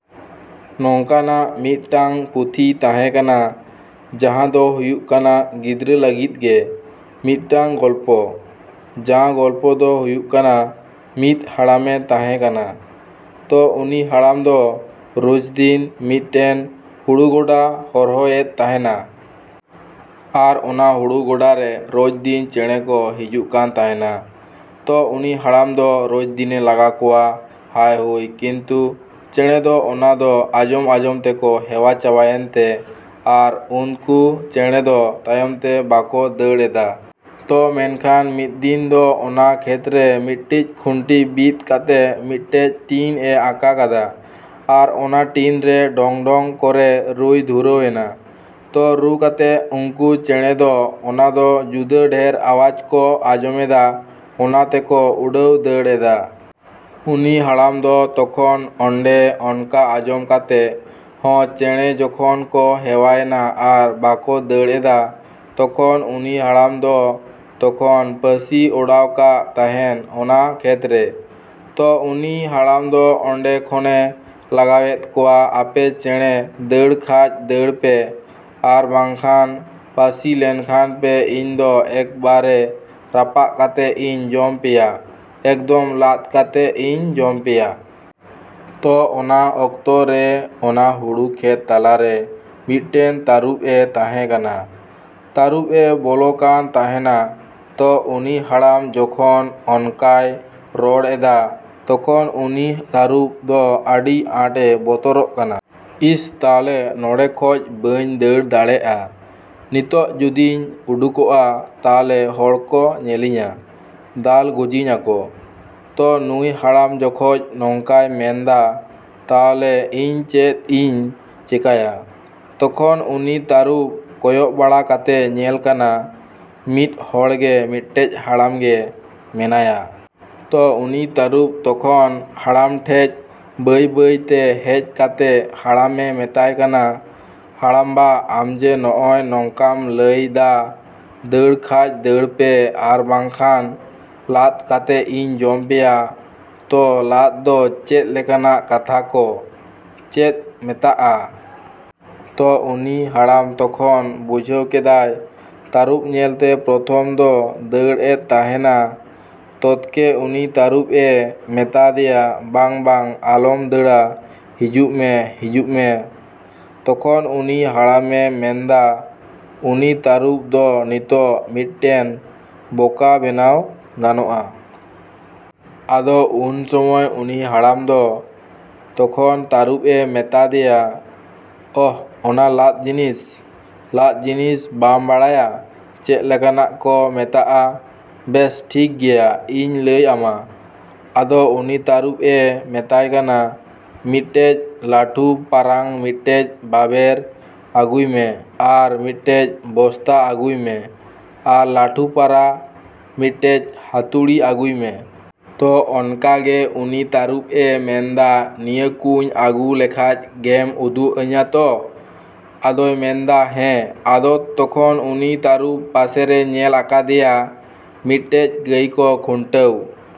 ᱱᱚᱝᱠᱟᱱᱟᱜ ᱢᱤᱫᱴᱟᱝ ᱯᱩᱛᱷᱤ ᱛᱟᱸᱦᱮ ᱠᱟᱱᱟ ᱡᱟᱸᱦᱟ ᱫᱚ ᱦᱩᱭᱩᱜ ᱠᱟᱱᱟ ᱜᱤᱫᱽᱨᱟᱹ ᱞᱟᱹᱜᱤᱫ ᱜᱮ ᱢᱤᱫᱴᱟᱝ ᱜᱚᱞᱯᱚ᱾ ᱡᱟᱸᱦᱟ ᱜᱚᱞᱯᱚ ᱫᱚ ᱦᱩᱭᱩᱜ ᱠᱟᱱᱟ ᱢᱤᱫ ᱦᱟᱲᱟᱢᱮ ᱛᱟᱸᱦᱮ ᱠᱟᱱᱟ᱾ ᱛᱚ ᱩᱱᱤ ᱦᱟᱲᱟᱢ ᱫᱚ ᱨᱳᱡᱽᱫᱤᱱ ᱢᱤᱫᱴᱮᱱ ᱦᱩᱲᱩ ᱜᱚᱰᱟ ᱦᱚᱨᱦᱚᱭᱮᱫ ᱛᱟᱸᱦᱮᱱᱟ᱾ ᱟᱨ ᱚᱱᱟ ᱦᱩᱲᱩ ᱜᱚᱰᱟᱨᱮ ᱨᱳᱡᱽᱫᱤᱱ ᱪᱮᱸᱬᱮ ᱠᱚ ᱦᱤᱡᱩᱜ ᱠᱟᱱ ᱛᱟᱸᱦᱮᱱᱟ᱾ ᱛᱚ ᱩᱱᱤ ᱦᱟᱲᱟᱢ ᱫᱚ ᱨᱳᱡᱽᱫᱤᱱᱮ ᱞᱟᱜᱟ ᱠᱚᱣᱟ ᱦᱟᱭᱼᱦᱩᱭ ᱠᱤᱱᱛᱩ ᱪᱮᱸᱬᱮ ᱫᱚ ᱚᱱᱟ ᱫᱚ ᱟᱸᱡᱚᱢ ᱟᱸᱡᱚᱢ ᱛᱮᱠᱚ ᱦᱮᱣᱟ ᱪᱟᱵᱟᱭᱮᱱ ᱛᱮ ᱟᱨ ᱩᱱᱠᱩ ᱪᱮᱸᱬᱮ ᱫᱚ ᱛᱟᱭᱚᱢᱛᱮ ᱵᱟᱠᱚ ᱫᱟᱹᱲ ᱮᱫᱟ᱾ ᱛᱚ ᱢᱮᱱᱠᱷᱟᱱ ᱢᱤᱫ ᱫᱤᱱ ᱫᱚ ᱚᱱᱟ ᱠᱷᱮᱛᱨᱮ ᱢᱤᱫᱴᱤᱡ ᱠᱷᱩᱱᱴᱤ ᱵᱤᱫ ᱠᱟᱛᱮᱜ ᱢᱤᱫᱴᱮᱡ ᱴᱤᱱ ᱮ ᱟᱸᱠᱟ ᱠᱟᱫᱟ᱾ ᱟᱨ ᱚᱱᱟ ᱴᱤᱱ ᱨᱮ ᱰᱷᱚᱝ ᱰᱷᱚᱝ ᱠᱚᱨᱮ ᱨᱩᱭ ᱫᱷᱩᱨᱟᱹᱣ ᱮᱱᱟ᱾ ᱛᱚ ᱨᱩ ᱠᱟᱛᱮᱜ ᱩᱱᱠᱩ ᱪᱮᱸᱬᱮ ᱫᱚ ᱚᱱᱟᱫᱚ ᱡᱩᱫᱟᱹ ᱰᱷᱮᱨ ᱟᱣᱟᱡ ᱠᱚ ᱟᱸᱡᱚᱢᱮᱫᱟ ᱚᱱᱟ ᱛᱮᱠᱚ ᱩᱰᱟᱹᱣ ᱫᱟᱹᱲ ᱮᱫᱟ᱾ ᱩᱱᱤ ᱦᱟᱲᱟᱢ ᱫᱚ ᱛᱚᱠᱷᱚᱱ ᱚᱱᱰᱮ ᱚᱱᱠᱟ ᱟᱸᱡᱚᱢ ᱠᱟᱛᱮᱜ ᱦᱚᱸ ᱪᱮᱸᱬᱮ ᱡᱚᱠᱷᱚᱱ ᱠᱚ ᱦᱮᱣᱟᱭᱮᱱᱟ ᱟᱨ ᱵᱟᱠᱚ ᱫᱟᱹᱲ ᱮᱫᱟ ᱛᱚᱠᱷᱚᱱ ᱩᱱᱤ ᱦᱟᱲᱟᱢ ᱫᱚ ᱛᱚᱠᱷᱚᱱ ᱯᱟᱹᱥᱤ ᱚᱰᱟᱣ ᱠᱟᱜ ᱛᱟᱸᱦᱮᱱ ᱚᱱᱟ ᱠᱷᱮᱛᱨᱮ᱾ ᱛᱚ ᱩᱱᱤ ᱦᱟᱲᱟᱢ ᱫᱚ ᱚᱸᱰᱮ ᱠᱷᱚᱱᱮ ᱞᱟᱜᱟᱭᱮᱫ ᱠᱚᱣᱟ ᱟᱯᱮ ᱪᱮᱸᱬᱮ ᱫᱟᱹᱲ ᱠᱷᱟᱡ ᱫᱟᱹᱲ ᱯᱮ ᱟᱨ ᱵᱟᱝᱠᱷᱟᱱ ᱯᱟᱹᱥᱤ ᱞᱮᱱᱠᱷᱟᱱ ᱯᱮ ᱤᱧ ᱫᱚ ᱮᱠᱵᱟᱨᱮ ᱨᱟᱯᱟᱜ ᱠᱟᱛᱮᱜ ᱤᱧ ᱡᱚᱢ ᱯᱮᱭᱟ ᱮᱠᱫᱚᱢ ᱞᱟᱫ ᱠᱟᱛᱮᱜ ᱤᱧ ᱡᱚᱢ ᱯᱮᱭᱟ᱾ ᱛᱚ ᱚᱱᱟ ᱚᱠᱛᱚ ᱨᱮ ᱚᱱᱟ ᱦᱩᱲᱩ ᱠᱷᱮᱛ ᱛᱟᱞᱟᱨᱮ ᱢᱤᱫᱴᱮᱱ ᱛᱟᱹᱨᱩᱵᱽ ᱮ ᱛᱟᱸᱦᱮ ᱠᱟᱱᱟ᱾ ᱛᱟᱹᱨᱩᱵᱽ ᱮ ᱵᱚᱞᱚ ᱠᱟᱱ ᱛᱟᱸᱦᱮᱱᱟ᱾ ᱛᱚ ᱩᱱᱤ ᱦᱟᱲᱟᱢ ᱡᱚᱠᱷᱚᱱ ᱚᱱᱠᱟᱭ ᱨᱚᱲ ᱮᱫᱟ ᱛᱚᱠᱷᱚᱱ ᱩᱱᱤ ᱛᱟᱹᱨᱩᱵᱽ ᱫᱚ ᱟᱹᱰᱤ ᱟᱸᱴ ᱮ ᱵᱚᱛᱚᱨᱚᱜ ᱠᱟᱱᱟ᱾ ᱤᱥ ᱛᱟᱦᱞᱮ ᱱᱚᱰᱮ ᱠᱷᱚᱡ ᱵᱟᱹᱧ ᱫᱟᱹᱲ ᱫᱟᱲᱮᱜᱼᱟ, ᱱᱤᱛᱚᱜ ᱡᱚᱫᱤᱧ ᱩᱰᱩᱠᱚᱜᱼᱟ ᱛᱟᱦᱞᱮ ᱦᱚᱲ ᱠᱚ ᱧᱮᱞᱤᱧᱟ, ᱫᱟᱞ ᱜᱚᱡᱤᱧ ᱟᱠᱚ᱾ ᱛᱚ ᱱᱩᱭ ᱦᱟᱲᱟᱢ ᱡᱚᱠᱷᱚᱡ ᱱᱚᱝᱠᱟᱭ ᱢᱮᱱᱫᱟ ᱛᱟᱦᱞᱮ ᱤᱧ ᱪᱮᱫ ᱤᱧ ᱪᱮᱠᱟᱭᱟ? ᱛᱚᱠᱷᱚᱱ ᱩᱱᱤ ᱛᱟᱹᱨᱩᱵᱽ ᱠᱚᱭᱚᱜ ᱵᱟᱲᱟ ᱠᱟᱛᱮᱜ ᱧᱮᱞ ᱠᱟᱱᱟ ᱢᱤᱫ ᱦᱚᱲᱜᱮ ᱢᱤᱫᱴᱮᱡ ᱦᱟᱲᱟᱢ ᱜᱮ ᱢᱮᱱᱟᱭᱟ᱾ ᱛᱚ ᱩᱱᱤ ᱛᱟᱹᱨᱩᱵᱽ ᱛᱚᱠᱷᱚᱱ ᱦᱟᱲᱟᱢ ᱴᱷᱮᱡ ᱵᱟᱹᱭᱼᱵᱟᱹᱭᱛᱮ ᱦᱮᱡ ᱠᱟᱛᱮᱜ ᱦᱟᱲᱟᱢᱮ ᱢᱮᱛᱟᱭ ᱠᱟᱱᱟ, ᱦᱟᱲᱟᱢ ᱵᱟ ᱟᱢᱡᱮ ᱱᱚᱜᱼᱚᱭ ᱱᱚᱝᱠᱟᱢ ᱞᱟᱹᱭ ᱫᱟ ᱫᱟᱹᱲ ᱠᱷᱟᱡ ᱫᱟᱹᱲ ᱯᱮ ᱟᱨ ᱵᱟᱝᱠᱷᱟᱱ ᱞᱟᱫ ᱠᱟᱛᱮᱜ ᱤᱧ ᱡᱚᱢ ᱯᱮᱭᱟ ᱛᱚ ᱞᱟᱫ ᱫᱚ ᱪᱮᱫ ᱞᱮᱠᱟᱱᱟᱜ ᱠᱟᱛᱷᱟ ᱠᱚ ᱪᱮᱫ ᱢᱮᱛᱟᱜᱼᱟ? ᱛᱚ ᱩᱱᱤ ᱦᱟᱲᱟᱢ ᱛᱚᱠᱷᱚᱱ ᱵᱩᱡᱷᱟᱹᱣ ᱠᱮᱫᱟᱭ ᱛᱟᱹᱨᱩᱵᱽ ᱧᱮᱞᱛᱮ ᱯᱨᱚᱛᱷᱚᱢ ᱫᱚ ᱫᱟᱹᱲ ᱮᱫ ᱛᱟᱸᱦᱮᱱᱟ ᱛᱚᱛᱠᱮ ᱩᱱᱤ ᱛᱟᱹᱨᱩᱵᱽ ᱮ ᱢᱮᱛᱟᱫᱮᱭᱟ ᱵᱟᱝ ᱵᱟᱝ ᱟᱞᱚᱢ ᱫᱟᱹᱲᱟ ᱦᱤᱡᱩᱜ ᱢᱮ ᱦᱤᱡᱩᱜ ᱢᱮ᱾ ᱛᱚᱠᱷᱚᱱ ᱩᱱᱤ ᱦᱟᱲᱟᱢᱮ ᱢᱮᱱᱫᱟ ᱩᱱᱤ ᱛᱟᱹᱨᱩᱵᱽ ᱫᱚ ᱱᱤᱛᱚᱜ ᱢᱤᱫᱴᱮᱱ ᱵᱚᱠᱟ ᱵᱮᱱᱟᱣ ᱜᱟᱱᱚᱜᱼᱟ᱾ ᱟᱫᱚ ᱩᱱ ᱥᱚᱢᱚᱭ ᱩᱱᱤ ᱦᱟᱲᱟᱢ ᱫᱚ ᱛᱚᱠᱷᱚᱱ ᱛᱟᱹᱨᱩᱵᱽ ᱮ ᱢᱮᱛᱟ ᱫᱮᱭᱟ ᱚᱦ ᱚᱱᱟ ᱞᱟᱫ ᱡᱤᱱᱤᱥ, ᱞᱟᱫ ᱡᱤᱱᱤᱥ ᱵᱟᱢ ᱵᱟᱲᱟᱭᱟ ᱪᱮᱫ ᱞᱮᱠᱟᱱᱟ ᱠᱚ ᱢᱮᱛᱟᱜᱼᱟ, ᱵᱮᱥ ᱴᱷᱤᱠ ᱜᱮᱭᱟ ᱤᱧ ᱞᱟᱹᱭ ᱟᱢᱟ᱾ ᱟᱫᱚ ᱩᱱᱤ ᱛᱟᱹᱨᱩᱵᱽ ᱮ ᱢᱮᱛᱟᱭ ᱠᱟᱱᱟ ᱢᱤᱫᱴᱮᱡ ᱞᱟᱹᱴᱷᱩ ᱯᱟᱨᱟᱝ ᱢᱤᱫᱴᱮᱡ ᱵᱟᱵᱮᱨ ᱟᱹᱜᱩᱭ ᱢᱮ ᱟᱨ ᱢᱤᱫᱴᱮᱡ ᱵᱚᱥᱛᱟ ᱟᱹᱜᱩᱭ ᱢᱮ, ᱟᱨ ᱞᱟᱹᱴᱷᱩ ᱯᱟᱨᱟ ᱢᱤᱫᱴᱮᱡ ᱦᱟᱹᱛᱩᱲᱤ ᱟᱹᱜᱩᱭ ᱢᱮ᱾ ᱛᱚ ᱚᱱᱠᱟ ᱜᱮ ᱩᱱᱤ ᱛᱟᱹᱨᱩᱵᱽ ᱮ ᱢᱮᱱᱫᱟ ᱱᱤᱭᱟᱹᱠᱩᱧ ᱟᱹᱜᱩ ᱞᱮᱠᱷᱟᱡ ᱜᱮᱢ ᱩᱫᱩᱜ ᱟᱹᱧᱟ ᱛᱚ᱾ ᱟᱫᱚᱭ ᱢᱮᱱᱫᱟ ᱦᱮᱸ ᱟᱫᱚ ᱛᱚᱠᱷᱚᱱ ᱩᱱᱤ ᱛᱟᱹᱨᱩᱵᱽ ᱯᱟᱥᱮᱨᱮ ᱧᱮᱞ ᱟᱠᱟᱫᱮᱭᱟ ᱢᱤᱫᱴᱮᱡ ᱜᱟᱹᱭ ᱠᱚ ᱠᱷᱩᱱᱴᱟᱹᱣᱼᱼ